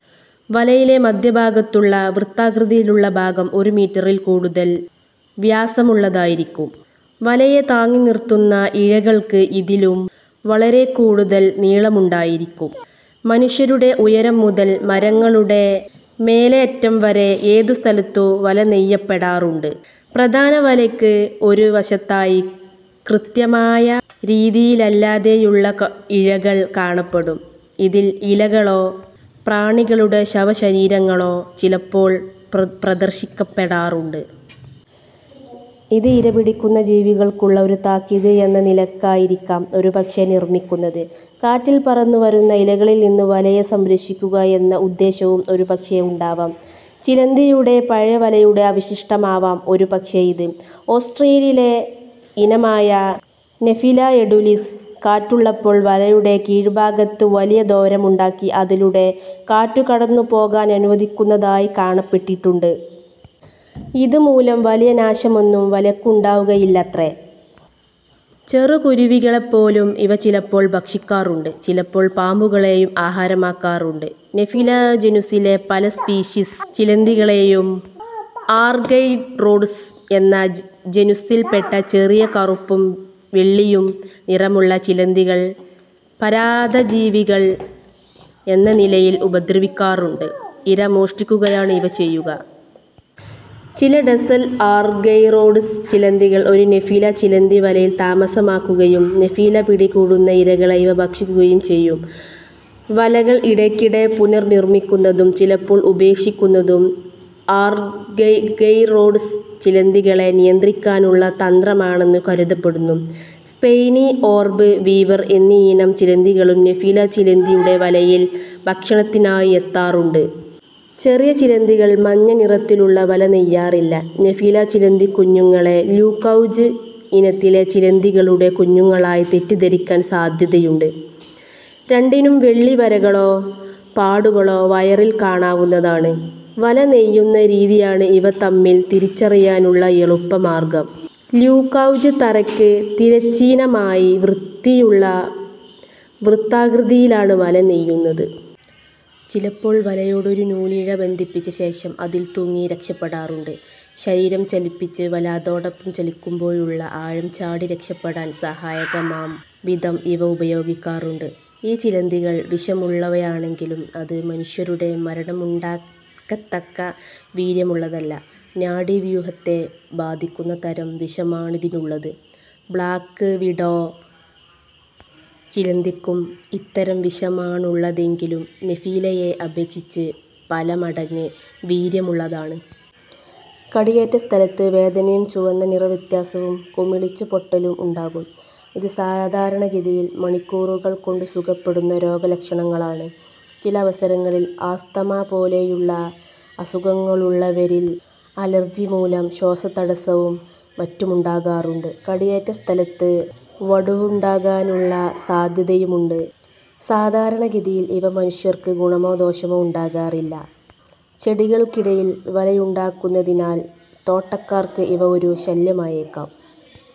വലയിലെ മദ്ധ്യഭാഗത്തുള്ള വൃത്താകൃതിയിലുള്ള ഭാഗം ഒരു മീറ്ററിൽ കൂടുതൽ വ്യാസമുള്ളതായിരിക്കും. വലയെ താങ്ങി നിർത്തുന്ന ഇഴകൾക്ക് ഇതിലും വളരെക്കൂടുതൽ നീളമുണ്ടായിരിക്കും. മനുഷ്യരുടെ ഉയരം മുതൽ മരങ്ങളുടെ മേലറ്റം വരെ ഏതുസ്ഥലത്തും വല നെയ്യപ്പെടാറുണ്ട്. പ്രധാന വലയ്ക്ക് ഒരു വശത്തായി കൃത്യമായ രീതിയിലല്ലാതെയുള്ള ഇഴകൾ കാണപ്പെടും. ഇതിൽ ഇലകളോ പ്രാണികളുടെ ശവശരീരങ്ങളോ ചിലപ്പോൾ പ്രദർശിപ്പിക്കപ്പെടാറുണ്ട്. ഇത് ഇരപിടിക്കുന്ന ജീവികൾക്കുള്ള ഒരു താക്കീത് എന്ന നിലയ്ക്കായിരിക്കാം ഒരുപക്ഷേ നിർമ്മിക്കുന്നത്. കാറ്റിൽ പറന്നുവരുന്ന ഇലകളിൽ നിന്ന് വലയെ സംരക്ഷിക്കുക എന്ന ഉദ്ദേശവും ഒരുപക്ഷേ ഉണ്ടാവാം. ചിലന്തിയുടെ പഴയ വലയുടെ അവശിഷ്ടമാവാം ഒരുപക്ഷേ ഇത്. ഓസ്ട്രേലിയയിലെ ഇനമായ നെഫില എഡൂലിസ് കാറ്റുള്ളപ്പോൾ വലയുടെ കീഴ് ഭാഗത്ത് വലിയ ദ്വാരമുണ്ടാക്കി അതിലൂടെ കാറ്റു കടന്നുപോകാനനുവദിക്കുന്നതായി കാണപ്പെട്ടിട്ടുണ്ട്. ഇതുമൂലം വലിയ നാശമൊന്നും വലയ്ക്കുണ്ടാവുകയില്ലത്രേ. ചെറു കുരുവികളെപ്പോലും ഇവ ചിലപ്പോൾ ഭക്ഷിക്കാറുണ്ട്. ചിലപ്പോൾ പാമ്പുകളെയും ആഹാരമാക്കാറുണ്ട്. നെഫില ജനുസിലെ പല സ്പീഷീസ് ചിലന്തികളെയും ആർഗൈറോഡ്സ് എന്ന ജനുസ്സിൽ പെട്ട ചെറിയ കറുപ്പും വെള്ളിയും നിറമുള്ള ചിലന്തികൾ പരാദജീവികൾ എന്ന നിലയിൽ ഉപദ്രവിക്കാറുണ്ട്. ഇര മോഷ്ടിക്കുകയാണ് ഇവ ചെയ്യുക. പല ഡസൻ ആർഗൈറോഡ്സ് ചിലന്തികൾ ഒരു നെഫില ചിലന്തിവലയിൽ താമസമാക്കുകയും നെഫില പിടികൂടുന്ന ഇരകളെ ഇവ ഭക്ഷിക്കുകയും ചെയ്യും. വലകൾ ഇടയ്ക്കിടെ പുനർനിർമ്മിക്കുന്നതും ചിലപ്പോൾ ഉപേക്ഷിക്കുന്നതും ആർഗൈറോഡ്സ് ചിലന്തികളെ നിയന്ത്രിക്കാനുള്ള തന്ത്രമാണെന്ന് കരുതപ്പെടുന്നു. സ്പൈനി ഓർബ് വീവർ എന്നയിനം ചിലന്തികളും നെഫില ചിലന്തിയുടെ വലയിൽ ഭക്ഷണത്തിനായി എത്താറുണ്ട്. ചെറിയ ചിലന്തികൾ മഞ്ഞ നിറത്തിലുള്ള വല നെയ്യാറില്ല. നെഫില ചിലന്തിക്കുഞ്ഞുങ്ങളെ ല്യൂകൗജ് ഇനത്തിലെ ചിലന്തികളുടെ കുഞ്ഞുങ്ങളായി തെറ്റിദ്ധരിക്കാൻ സാദ്ധ്യതയുണ്ട്. രണ്ടിനും വെള്ളി വരകളോ പാടുകളോ വയറിൽ കാണാവുന്നതാണ്. വല നെയ്യുന്ന രീതിയാണ് ഇവ തമ്മിൽ തിരിച്ചറിയാനുള്ള എളുപ്പ മാർഗ്ഗം. ല്യൂകൗജ് തറയ്ക്ക് തിരശ്ചീനമായി വൃത്തിയുള്ള വൃത്താകൃതിയിലാണ് വല നെയ്യുന്നത്. ചിലപ്പോൾ വലയോട് ഒരു നൂലിഴ ബന്ധിപ്പിച്ച ശേഷം അതിൽ തൂങ്ങി രക്ഷപ്പെടാറുണ്ട്. ശരീരം ചലിപ്പിച്ച് വല അതോടൊപ്പം ചലിക്കുമ്പോഴുള്ള ആയം ചാടി രക്ഷപ്പെടാൻ സഹായകമാം വിധം ഇവ ഉപയോഗിക്കാറുണ്ട്. ഈ ചിലന്തികൾ വിഷമുള്ളവയാണെങ്കിലും അത് മനുഷ്യരുടെ മരണമുണ്ടാക്കത്തക്ക വീര്യമുള്ളതല്ല. നാടീവ്യൂഹത്തെ ബാധിക്കുന്ന തരം വിഷമാണിതിനുള്ളത്. ബ്ലാക്ക് വിഡോ ചിലന്തിക്കും ഇത്തരം വിഷമാണുള്ളതെങ്കിലും നെഫിലയെ അപേക്ഷിച്ച് പല മടങ്ങ് വീര്യമുള്ളതാണ്. കടിയേറ്റ സ്ഥലത്ത് വേദനയും ചുവന്ന നിറവ്യത്യാസവും കുമിളിച്ച് പൊട്ടലും ഉണ്ടാകും. ഇത് സാധാരണഗതിയിൽ മണിക്കൂറുകൾ കൊണ്ട് സുഖപ്പെടുന്ന രോഗലക്ഷണങ്ങളാണ്. ചില അവസരങ്ങളിൽ ആസ്തമ പോലെയുള്ള അസുഖങ്ങളുള്ളവരിൽ അലർജി മൂലം ശ്വാസതടസ്സവും മറ്റുമുണ്ടാകാറുണ്ട്. കടിയേറ്റസ്ഥലത്ത് വടുവുണ്ടാകാനുള്ള സാദ്ധ്യതയുമുണ്ട്. സാധാരണഗതിയിൽ ഇവ മനുഷ്യർക്ക് ഗുണമോ ദോഷമോ ഉണ്ടാക്കാറില്ല. ചെടികൾക്കിടയിൽ വലയുണ്ടാക്കുന്നതിനാൽ തോട്ടക്കാർക്ക് ഇവ ഒരു ശല്യമായേക്കാം.